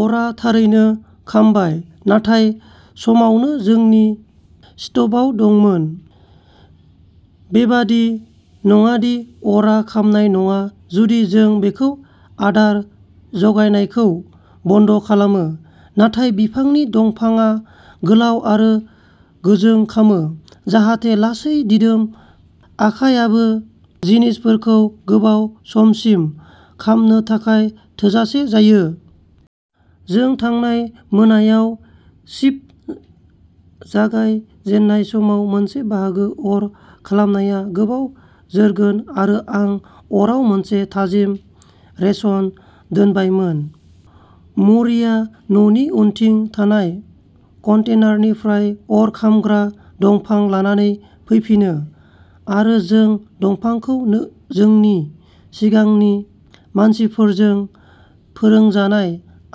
अरआ थारैनो खामबाय थानाय समावनो जोंनि शिफ्टआव दंमोन। बेबादि नङादि अरआ खामनाय नङा जुदि जों बेखौ आदार जगायनायखौ बन्द' खालामो। नाथाय बिफांनि दंफांआ गोलाव आरो गोजों खामो जाहाथे लासै दिदोम आखायआबो जिनिसफोरखौ गोबाव समसिम खामनो थाखाय थोजासे जायो। जों थांनाय मोनायाव शिफ्ट जागाय जेननाय समाव मोनसे बाहागो अर खामनाया गोबाव जोरगोन आरो आं अराव मोनसे थाजिम रेशन दोनबायमोन। म'रिआ न'नि उनथिं थानाय कन्टेनारनिफ्राय अर खामग्रा दंफां लानानै फैफिनो आरो जों दंफांखौ जोंनि सिगांनि मानसिफोरजों फोरोंजानाय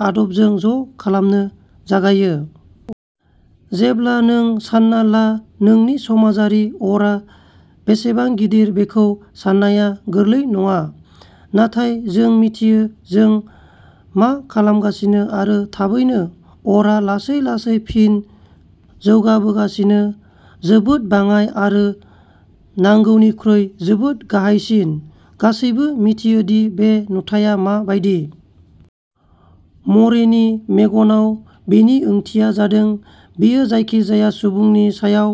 आदबजों ज' खालामनो जागायो। जेब्ला नों सान्ना ला जोंनि समाजारि अरआ बेसेबां गिदिर बेखौ साननाया गोरलै नङा। नाथाय जों मिथियो जों मा खालामगासिनो आरो थाबैनो अरआ लासै-लासै फिन जौगाबोगासिनो जोबोद बाङाइ आरो नांगौनिख्रुइ जोबोद गाहायसिन। गासैबो मिथियोदि बे नुथाया मा बायदि। म'रीनि मेगनाव बेनि ओंथिया जादों। बियो जायखिजाया सुबुंनि सायाव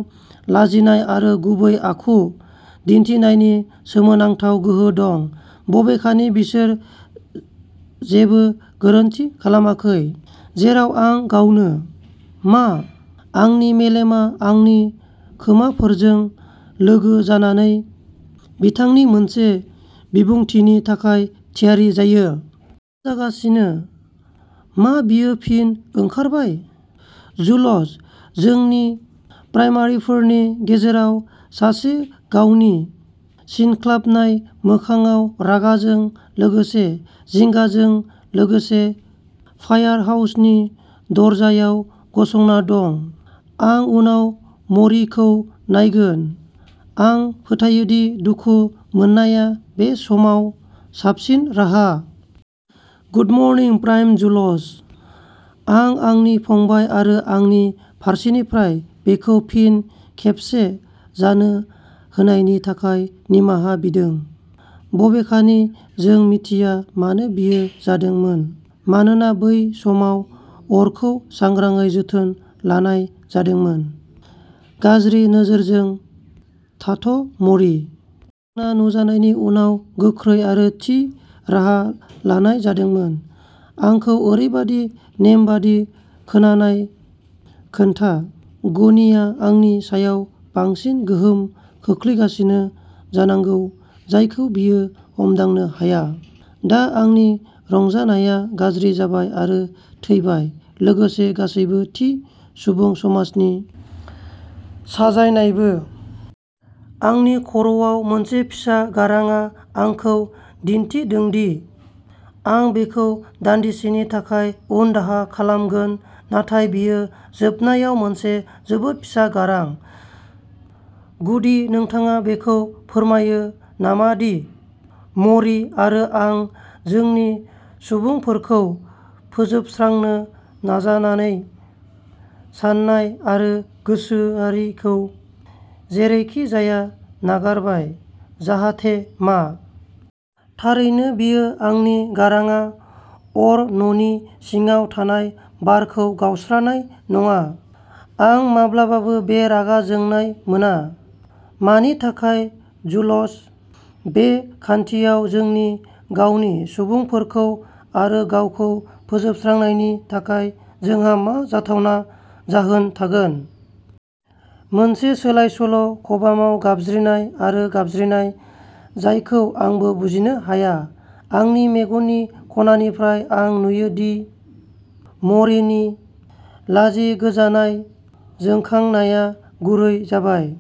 लाजिनाय आरो गुरै आखु दिन्थिनायनि सोमोनांथाव गोहो दं बबेखानि बिसोर जेबो गोरोन्थि खालामाखै। जेरै आं गावनो। मा? आंनि मेलेमआ आंनि खोमाफोरजों लोगो जानानै बिथांनि मोनसे बिबुंथिनि थाखाय थियारि जायो। मा जागासिनो? मा बेयो फिन ओंखारबाय? जुल'स जोंनि प्राइमारिफोरनि गेजेराव सासे गावनि सिनख्लाबनाय मोखांआव रागाजों लोगोसे जिंगाजों लोगोसे फायारहाउसनि दरजायाव गसंना दं। आं उनाव म'रीखौ नायगोन। आं फोथायोदि दुखु मोननाया बे समाव साबसिन राहा। गुड मर्निं प्राइम जुल'स। आं आंनि फंबाय आरो आंनि फारसेनिफ्राय बेखौ फिन खेबसे जानो होनायनि थाखाय निमाहा बिदों। बबेखानि जों मिथिया मानो बेयो जादोंमोन मानोना बै समाव अरखौ सांग्राङै जोथोन लानाय जादोंमोन। गाज्रि नोजोरजों थाथ म'री। जेंना नुजानायनि उनाव गोख्रै आरो थि राहा लानाय जादोंमोन। आंखौ ओरैबादि नेमबादि खोनानाय खोनथा। गनिया आंनि सायाव बांसिन गोहोम खोख्लैगासिनो जानांगौ जायखौ बियो हमदांनो हाया। दा आंनि रंजानायआ गाज्रि जाबाय आरो थैबाय लोगोसे गासैबो थि सुबुं समाजनि साजायनायबो। आंनि खर'आव मोनसे फिसा गारांआ आंखौ खिन्थिदोंदि आं बेखौ दानदिसेनि थाखाय उनदाहा खालामगोन नाथाय बेयो जोबनायाव मोनसे जोबोद फिसा गारां। गुदि नोंथाङा बेखौ फोरमायो नामादि मरि आरो आं जोंनि सुबुंफोरखौ फोजोबस्रांनो नाजानानै साननाय आरो गोसोआरिखौ जेरैखिजाया नागारबाय, जाहाथे मा? थारैनो बेयो आंनि गारांआ अर न'नि सिङाव थानाय बारखौ गावस्रानाय नङा। आं माब्लाबाबो बे रागा जोंनाय मोना। मानि थाखाय जुल'स? बे खान्थियाव जोंनि गावनि सुबुंफोरखौ आरो गावखौ फोजोबस्रांनायनि थाखाय जोंहा मा जाथावना जाहोन थागोन? मोनसे सोलायसोल' खबामाव गाबज्रिनाय आरो गाबज्रिनाय जायखौ आंबो बुजिनो हाया। आंनि मेगननि ख'ननिफ्राय आं नुयोदि मरिनि लाजिगोजानाय जोंखांनाया गुरै जाबाय।